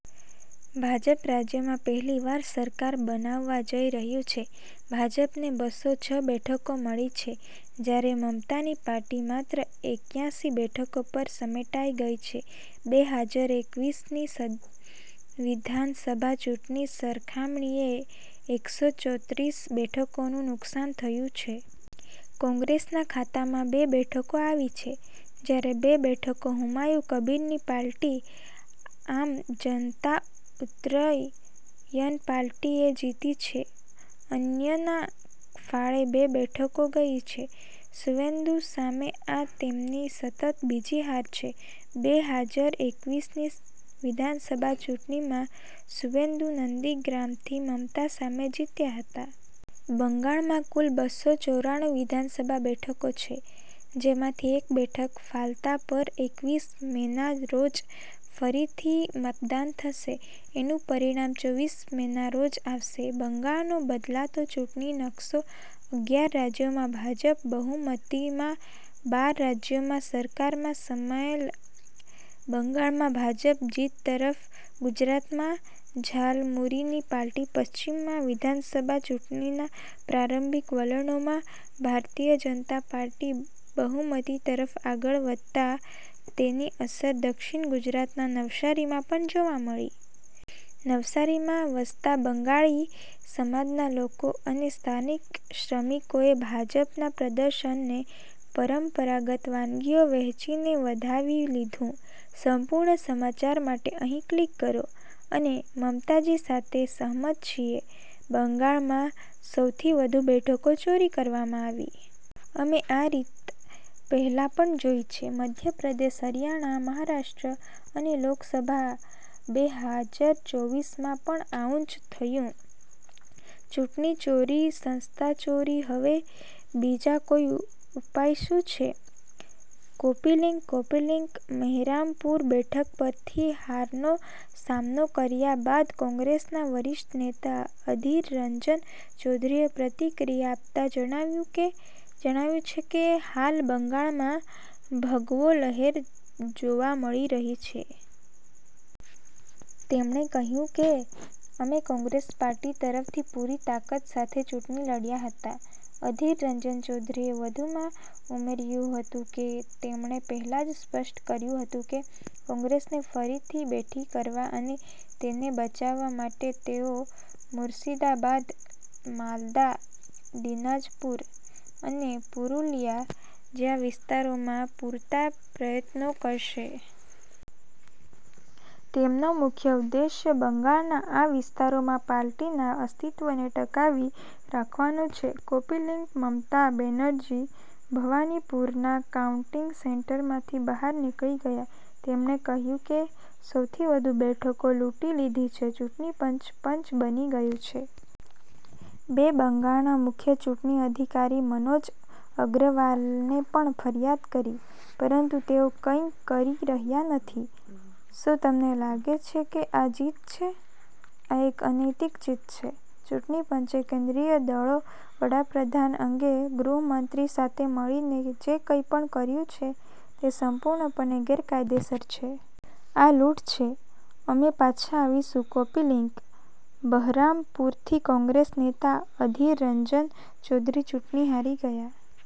ભાજપ રાજ્યમાં પહેલીવાર સરકાર બનાવવા જઈ રહ્યું છે. ભાજપને બસો છ બેઠકો મળી છે, જ્યારે મમતાની પાર્ટી માત્ર એક્યાસી બેઠકો પર સમેટાઈ ગઈ છે. બે હાજર એકવીસની સદ્ વિધાનસભા ચૂંટણી સરખામણીએ એકસો ચોત્રીસ બેઠકોનું નુકસાન થયું છે. કોંગ્રેસના ખાતામાં બે બેઠકો આવી છે, જ્યારે બે બેઠકો હુમાયુ કબીરની પાલ્ટી 'આમ જનતા ઉત્રય યન પાલ્ટી'એ જીતી છે. અન્યના ફાળે બે બેઠકો ગઈ છે. સુવેન્દુ સામે આ તેમની સતત બીજી હાર છે. બે હાજર એકવીસ ની વિધાનસભા ચૂંટણીમાં સુવેન્દુ નંદીગ્રામથી મમતા સામે જીત્યા હતા. બંગાળમાં કુલ બસો ચોરાણું વિધાનસભા બેઠકો છે, જેમાંથી એક બેઠક ફાલતા પર એકવીસ મેના જ રોજ ફરીથી મતદાન થશે. એનું પરિણામ ચોવીસ મેના રોજ આવશે. બંગાળનો બદલાતો ચૂંટણી નકશો અગિયાર રાજ્યોમાં ભાજપ બહુમતીમાં, બાર રાજ્યોમાં સરકારમાં સમ્માયેલ બંગાળમાં ભાજપ જીત તરફ, ગુજરાતમાં જાલમુરીની પાર્ટી, પશ્ચિમમાં વિધાનસભા ચૂંટણીના પ્રારંભિક વલણોમાં ભારતીય જનતા પાર્ટી બહુમતી તરફ આગળ વધતા તેની અસર દક્ષિણ ગુજરાતના નવશારીમાં પણ જોવા મળી. નવસારીમાં વસતા બંગાળી સમાજના લોકો અને સ્થાનિક શ્રમિકોએ ભાજપના પ્રદર્શનને પરંપરાગત વાનગીઓ વહેંચીને વધાવી લીધું. સંપૂર્ણ સમાચાર માટે અહીં ક્લિક કરો.. અને મમતાજી સાથે સહમત છીએ. બંગાળમાં સો થી વધુ બેઠકો ચોરી કરવામાં આવી. અમે આ રીત પહેલા પણ જોઈ છે- મધ્ય પ્રદેશ, હરિયાણા, મહારાષ્ટ્ર અને લોકસભા બે હાજર ચોવીસ માં પણ આવું જ થયું. ચૂંટણી ચોરી, સંસ્થા ચોરી હવે બીજા કોઈ ઉપાય શું છે? Copy link copy link Baharampur બેઠક પરથી હારનો સામનો કર્યા બાદ કોંગ્રેસના વરિષ્ઠ નેતા અધીર રંજન ચૌધરીએ પ્રતિક્રિયા આપતા જણાવ્યું કે, જણાવ્યુ છે કે, હાલ બંગાળમાં ભગવો લહેર જોવા મળી રહી છે. તેમણે કહ્યું કે, અમે કોંગ્રેસ પાર્ટી તરફથી પૂરી તાકાત સાથે ચૂંટણી લડ્યા હતા. અધીર રંજન ચૌધરીએ વધુમાં ઉમેર્યું હતું કે, તેમણે પહેલા જ સ્પષ્ટ કર્યું હતું કે કોંગ્રેસને ફરીથી બેઠી કરવા અને તેને બચાવવા માટે તેઓ મુર્શિદાબાદ, માલદા, દિનાજપુર અને પુરુલિયા જેવા વિસ્તારોમાં પૂરતા પ્રયત્નો કરશે. તેમનો મુખ્ય ઉદ્દેશ્ય બંગાળના આ વિસ્તારોમાં પાલ્ટીના અસ્તિત્વને ટકાવી રાખવાનો છે. કૉપી લિંક મમતા બેનર્જી ભવાનીપુરના કાઉન્ટિંગ સેન્ટરમાંથી બહાર નીકળી ગયા. તેમણે કહ્યું કે, સો થી વધુ બેઠકો લૂંટી લીધી છે. ચૂંટણી પંચ, પંચ બની ગયું છે. બે બંગાળના મુખ્ય ચૂંટણી અધિકારી મનોજ અગ્રવાલને પણ ફરિયાદ કરી. પરંતુ તેઓ કંઈ કરી રહ્યા નથી. શું તમને લાગે છે કે આ જીત છે? આ એક અનૈતિક જીત છે. ચૂંટણી પંચે કેન્દ્રીય દળો, વડાપ્રધાન અંગે ગૃહમંત્રી સાથે મળીને જે કંઈ પણ કર્યું છે તે સંપૂર્ણપણે ગેરકાયદેસર છે. આ લૂંટ છે, અમે પાછા આવીશું. કૉપી લિંક બહરામપુરથી કોંગ્રેસ નેતા અધીર રંજન ચૌધરી ચૂંટણી હારી ગયા.